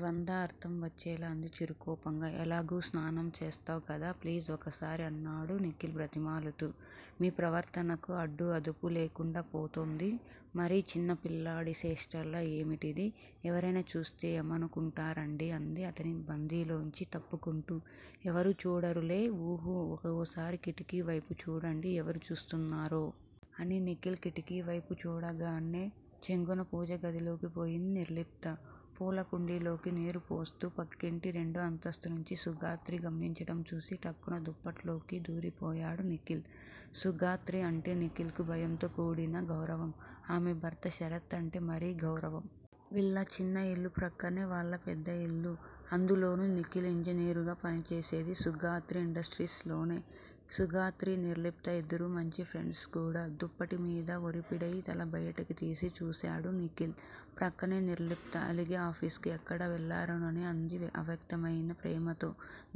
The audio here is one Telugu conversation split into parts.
ద్వందార్ధం వచ్చేలా అంది చిరుకోపంగా. ఎలాగూ స్నానం చేస్తావ్ కదా! ప్లీజ్ ఒక్కసారి అన్నాడు నిఖిల్ బ్రతిమాలుతూ. మీ ప్రవర్తనకు అడ్డూ అదుపూ లేకుండాపోతుంది. మరీ చిన్న పిల్లాడి చేష్టలా ఏమిటిది? ఎవరైనాచూస్తే ఏమనుకుంటారండీ అంది అతని బందీలోంచి తప్పుకుంటూ. ఎవరూ చూడరులే. ఊహూ ఓసారి కిటికీ వైపు చూడండి ఎవరు చూస్తున్నారో? అని నిఖిల్ కిటికీ వైపు చూడగానే చెంగున పూజగదిలోకి పోయింది నిర్లిప్త. పూల కుండీల్లోకి నీరు పోస్తూ ప్రక్కింటి రెండో అంతస్తు నుంచి సుగాత్రి గమనించటం చూసి ఠక్కున దుప్పట్లోకి దూరిపోయాడు నిఖిల్. సుగాత్రి అంటే నిఖిల్ కు భయంతో కూడిన గౌరవం. ఆమె భర్త శరత్ అంటే మరీ గౌరవం. వీళ్ళ చిన్నిల్లు ప్రక్కనే వాళ్ళ పెద్దిల్లు! అందులోనూ నిఖిల్ ఇంజనీరుగా పనిచేసేది సుగాత్రి ఇండస్ట్రీస్ లోనే. సుగాత్రి, నిర్లిప్తా ఇద్దరూ మంచి ఫ్రెండ్స్ కూడా! దుప్పటిమీద ఒరిపిడై తలబయటికి తీసి చూసాడు నిఖిల్. ప్రక్కనే నిర్లిప్త! అలిగి ఆఫీస్ కు ఎక్కడ వెళ్ళరోనని అంది అవ్యక్తమయిన ప్రేమతో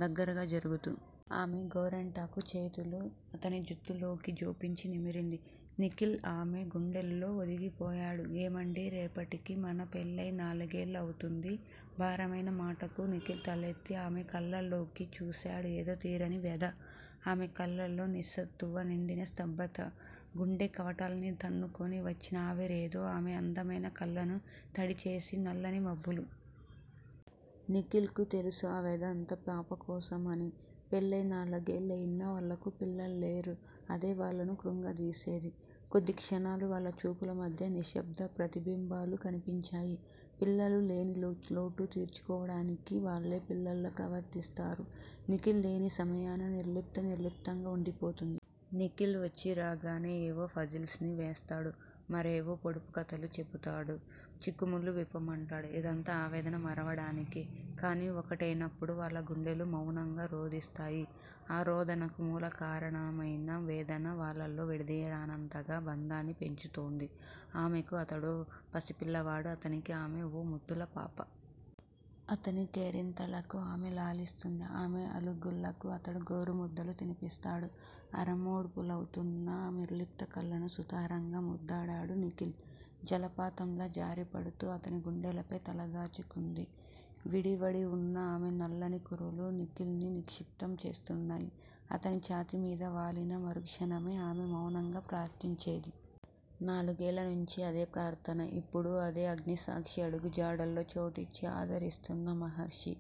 దగ్గరగా జరుగుతూ. ఆమె గోరింటాకు చేతులు అతని జుత్తులోకి జొప్పించి నిమిరింది. నిఖిల్ ఆమె గుండెల్లో ఒదిగిపోయాడు. ఏమండీ రేపటికి మన పెళ్ళయి నాలుగేళ్ళవుతుంది భారమైన మాటకు నిఖిల్ తలెత్తి ఆమె కళ్ళలోకి చూసాడు ఏదో తీరని వ్యధ? ఆమె కళ్ళలో నిస్సత్తువ నిండిన స్థబ్దత గుండె కవాటాల్ని తన్నుకొని వచ్చిన ఆవిరేదో ఆమె అందమైన కళ్ళను తడిచేసి నల్లని మబ్బులు! నిఖిల్ కు తెలుసు ఆ వ్యదంతా పాపకోసమని. పెళ్ళయి నాలుగేళ్ళయినా వాళ్ళకు పిల్లల్లేరు. అదే వాళ్ళను కృంగదీసేది. కొద్ది క్షణాలు వాళ్ళ చూపుల మధ్య నిశ్శబ్ద ప్రతిబింబాలు కన్పించాయి. పిల్లలు లేని లోటు తీర్చుకోవడానికి వాల్లే పిల్లల్లా ప్రవర్తిస్తారు. నిఖిల్ లేని సమయాన నిర్లిప్త నిర్లిప్తంగా వుండిపోతుంది. నిఖిల్ వచ్చీ రాగానే ఏవో ఫజిల్స్ ని వేస్తాడు. మరేవో పొడుపు కథలు చెపుతాడు చిక్కుముళ్ళు విప్పమంటాడు. ఇదంతా ఆవేదన మరవడానికే! కాని ఒక్కటయినపుడు వాళ్ళ గుండెలు మవునంగా రోదిస్తాయి. ఆ రోదనకు మూలకారణమైన వేదనే వాళ్ళలో విడదీయరానంతగా బంధాన్ని పెంచుతోంది. ఆమెకు అతడో పసిపిల్లవాడు అతనికి ఆమె ఓ ముద్దుల పాప. అతని కేరింతలకు ఆమె లాలిస్తుంది. ఆమె అలుగుల్లకు అతడు గోరుముద్దలు తినిపిస్తాడు. అరమోడ్పులవుతున్న నిర్లిప్త కళ్ళను సుతారంగా ముద్దాడాడు నిఖిల్. జలపాతంలా జారిపడుతూ అతని గుండెలపై తలదాచుకుంది. విడివడి వున్న ఆమె నల్లని కురులు నిఖిల్ ని నిక్షిప్తం చేస్తున్నాయి. అతని ఛాతి మీద వాలిన మరుక్షణమే ఆమె మౌనంగా ప్రార్ధించేది. నాలుగేళ్ళనించి అదే ప్రార్ధన! ఇప్పుడూ అదే అగ్నిసాక్షి అడుగుజాడల్లో చోటిచ్చి ఆదరిస్తున్న మహర్షీ!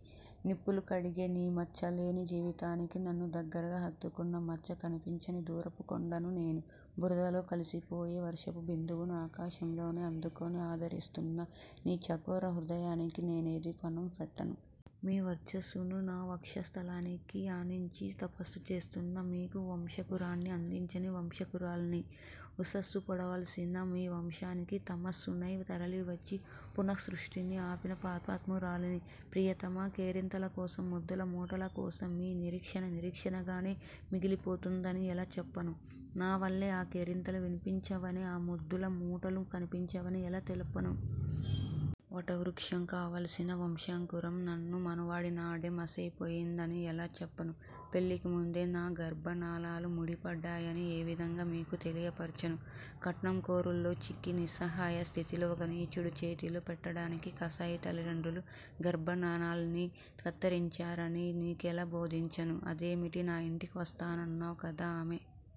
నిప్పులు కడిగే నీ మచ్చలేని జీవితానికి నన్ను దగ్గరగా హత్తుకున్నా మచ్చ కనిపించని దూరపు కొండను నేను! బురదలో కల్సిపోయే వర్షపు బిందువును ఆకాశంలోనే అందుకొని ఆదరిస్తున్న నీ చకోర హృదయానికి నేనేది ఫణం పెట్టను? మీ వర్చస్సును నా వక్షస్థలానికానించి తపస్సు చేస్తున్న మీకు వంశాంకురాన్ని అందించని వంచకురాల్ని! ఉషస్సు పొడవాల్సిన మీ వంశానికి తమస్సునై తరలివచ్చి పునఃసృష్టిని ఆపిన పాపాత్మురాలిని! ప్రియతమా! కేరింతలకోసం ముద్దుల మూటల కోసం, మీ నిరీక్షణ నిరీక్షణగానే మిగిలిపోతుందని ఎలా చెప్పను? నా వాళ్ళే ఆ కేరింతలు విన్పించవని ఆ ముద్దుల మూటలు కన్పించవని ఎలా తెలుపను? వట వృక్షం కావాల్సిన వంశాంకురం నన్ను మనువాడిన్నాడే మసైపోయిందని ఎలా చెప్పను? పెళ్ళికి ముందే నా గర్భనాళాలు ముడిపడ్డాయని ఏవిధంగా మీకు తెలియపర్చను? కట్నం కోరల్లో చిక్కి నిస్సహాయ స్థితిలో ఒక నీచుడి చేతిలో పెట్టడానికి కసాయి తల్లిదండ్రులు గర్భనాళాల్ని కత్తిరించారని నీకెలా బోధించను? అదేమిటి? నా యింటికి వస్తానన్నావు కదా! ఆమె